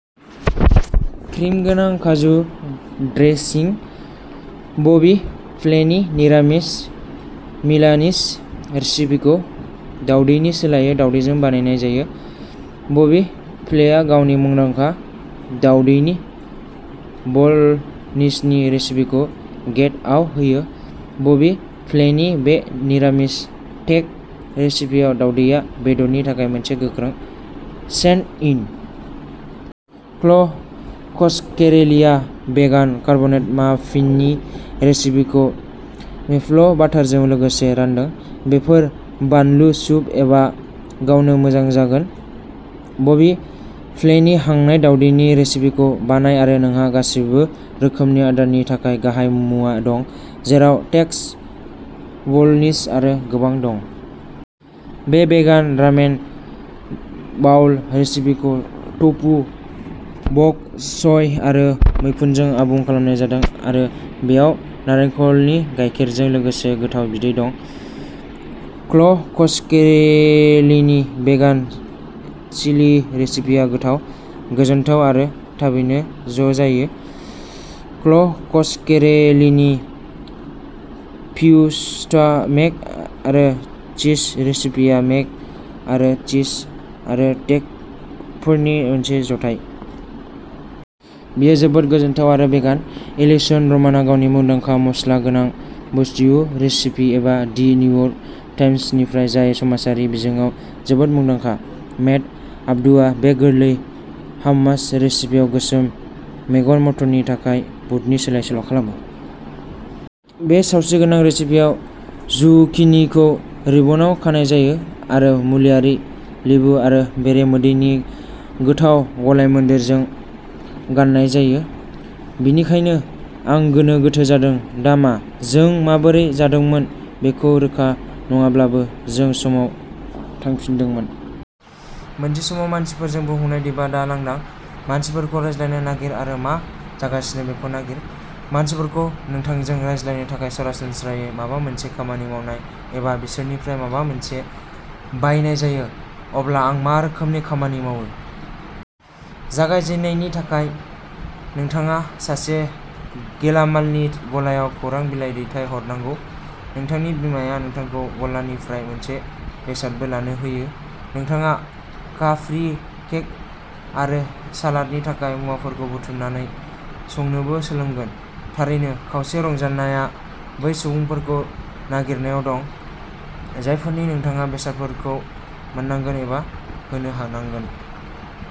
Cream गोनां काजु dressing. बबि फ्लेनि निरामिस मिलानिज रेसिपिखौ दावदैनि सोलायै दावदैजों बानायनाय जायो। बबि फ्लेआ गावनि मुंदांखा दावदैनि बल'नीजनि रेसिपिखौ गेत'आव होयो। बबि फ्लेनि बे निरामिस टेक' रेसिपिआव, दावदैया बेदरनि थाखाय मोनसे गोख्रों स्टेन्ड इन। क्ल'कस्केरेलिआ भेगान कर्नब्रेड माफिननि रेसिपिखौ मेपल बाटारजों लोगोसे रानदों। बेफोर बानलु, सुप एबा गावनो मोजां जागोन। बबि फ्लेनि हांनाय दावदैनि रेसिपिखौ बानाय आरो नोंहा गासैबो रोखोमनि आदारनि थाखाय गाहाय मुवा दं, जेराव टेक'स, बल'नीज आरो गोबां दं। बे भेगान रामेन बाउल रेसिपिखौ टफु, बक च'य आरो मैखुनजों आबुं खालामनाय जादों आरो बेयाव नारेंखलनि गायखेरजों लोगोसे गोथाव बिदै दं। क्ल'कस्केरेलिनि भेगान चिलि रेसिपिया गोथाव, गोजोनथाव आरो थाबैनो ज' जायो। क्ल'कस्केरेलिनि फिएस्टा मेक आरो चीज रेसिपिया मेक आरो चीज आरो टेक'फोरनि मोनसे जथाय। बेयो जोबोद गोजोनथाव आरो भेगान! एलिसन रमानआ गावनि मुंदांखा मस्ला गोनां बु स्ट्यु रेसिपि एबा दि निउयर्क टाइम्सनिफ्राय जाय समाजारि बिजोङाव जोबोद मुंदांखा। मेट आब्दुआ बे गोरलै हाम्मास रेसिपिआव गोसोम मेगन मटरनि थाखाय बुदनि सोलाय सोल' खालामो। बे सावस्रिगोनां रेसिपिआव, जुकिनिखौ रिबनआव खानाय जायो आरो मुलियारि, लेबु आरो बेरे मोदैनि गोथाव गलायमोन्देरजों गाननाय जायो। बेनिखायनो आं गोनो गोथो जादों, दा मा? जों माबोरै जादोंमोन बेखौ रोखा नङाब्लाबो, जों समाव थांफिनदोंमोन। मोनसे समाव मानसिफोरजों बुंफबनाय दिपआ दा लांदां। मानसिफोरखौ रायज्लायनो नागिर आरो मा जागासिनो बेखौ नागिर। मानसिफोरखौ नोंथांजों रायज्लायनो थाखाय सरासनस्रायै माबा मोनसे खामानि मावनाय एबा बिसोरनिफ्राय माबा मोनसे बायनाय जायो। अब्ला आं मा रोखोमनि खामानि मावो? जागायजेननायनि थाखाय नोंथाङा सासे गेलामालनि गलायाव खौरां बिलाइ दैथाय हरनांगौ। नोंथांनि बिमाया नोंथांखौ गलानिफ्राय मोनसे बेसादबो लानो होयो। नोंथाङा काप्रि केक आरो सालादनि थाखाय मुवाफोरखौ बुथुमनानै संनोबो सोलोंगोन! थारैनो, खावसे रंजानायआ बै सुबुंफोरखौ नागिरनायाव दं, जायफोरनो नोंथाङा बेसादफोरखौ मोननांगोन एबा होनो नांगोन।